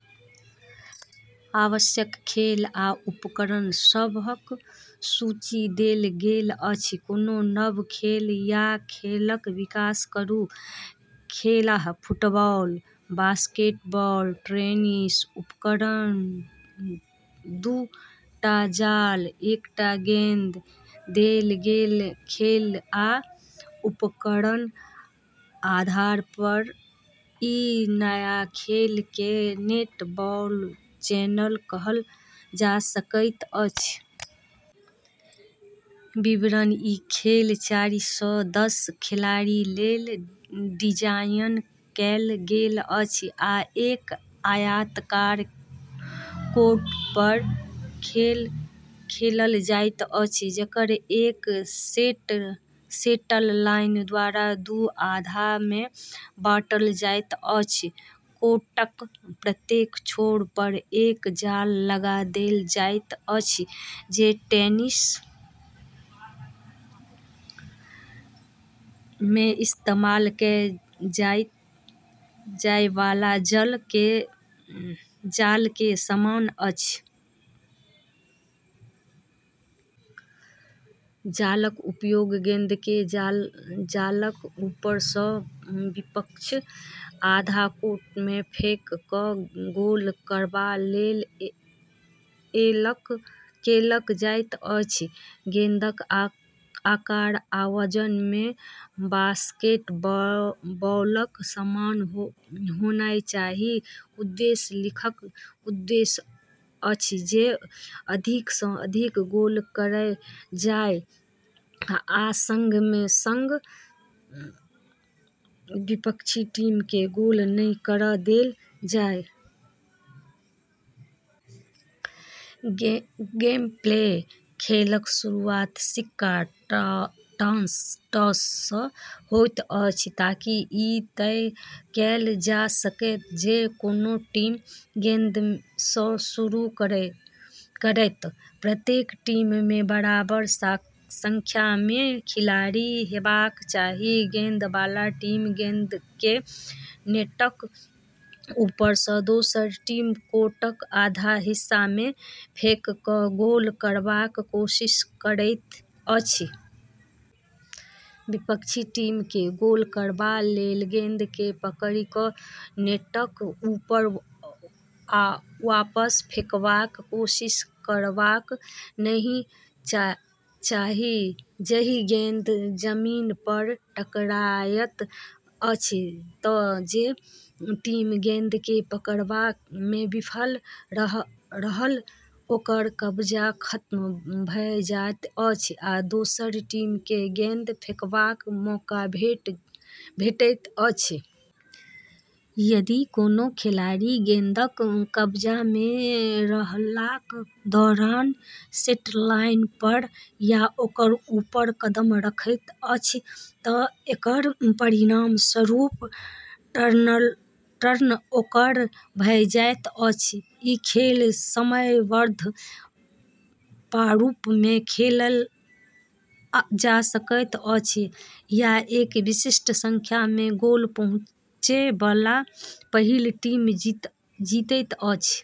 आवश्यक खेल आ उपकरण सभक सूची देल गेल अछि, कोनो नव खेल या खेलक विकास करू। खेल: फुटबॉल, बास्केटबॉल, टेनिस उपकरण: दू टा जाल, एकटा गेंद देल गेल खेल आ उपकरणक आधार पर ई नया खेल केँ "नेट बॉल चैलेंज" कहल जा सकैत अछि। विवरण: ई खेल चारि सँ दस खिलाड़ी लेल डिजाइन कएल गेल अछि आ एक आयताकार कोर्ट पर खेलल जाइत अछि, जेकरा एक सेंटरलाइन द्वारा दू आधा मे बाँटल जाइत अछि। कोर्टक प्रत्येक छोर पर एक जाल लगा देल जाइत अछि, जे टेनिस मे इस्तेमाल कएल जाए बला जाल केँ समान अछि। जालक उपयोग गेंद केँ जालक ऊपर सँ विपक्षीक आधा कोर्ट मे फेंकि कऽ गोल करबा लेल कएल जाइत अछि। गेंदक आकार आ वजन मे बास्केटबॉलक समान होनाइ चाही। उद्देश्य: खेलक उद्देश्य अछि जे अधिक सँ अधिक गोल कएल जाए आ संगे-संग विपक्षी टीम केँ गोल नहि करै देल जाए। गेमप्ले: खेलक शुरुआत सिक्का टॉस सँ होइत अछि ताकि ई तय कएल जा सकए जे कोन टीम गेंद सँ शुरू करत। प्रत्येक टीम मे बराबर संख्या मे खिलाड़ी हेबाक चाही। गेंद बला टीम गेंद केँ नेटक ऊपर सँ दोसर टीमक कोर्टक आधा हिस्सा मे फेंकि कऽ गोल करबाक कोशिश करैत अछि। विपक्षी टीम केँ गोल करबा लेल गेंद केँ पकड़ि कऽ नेटक ऊपर वापस फेंकबाक कोशिश करबाक चाही। जरि गेंद जमीन पर टकराइत अछि तँ जे टीम गेंद केँ पकड़बा मे विफल रहल ओकर कब्जा खतम भऽ जाइत अछि, आ दोसर टीम केँ गेंद फेंकबाक मौका भेटैत अछि। यदि कोनो खिलाड़ी गेंदक कब्जा मे रहलाक दौरान सेंटरलाइन पर या ओकरा ऊपर कदम रखैत अछि तँ एकर परिणामस्वरूप टर्नओवर भऽ जाइत अछि। ई खेल समयबद्ध प्रारूप मे खेलल जा सकैत अछि या एक विशिष्ट संख्या मे गोल पहुँचे बला पहिल टीम जीतैत अछि।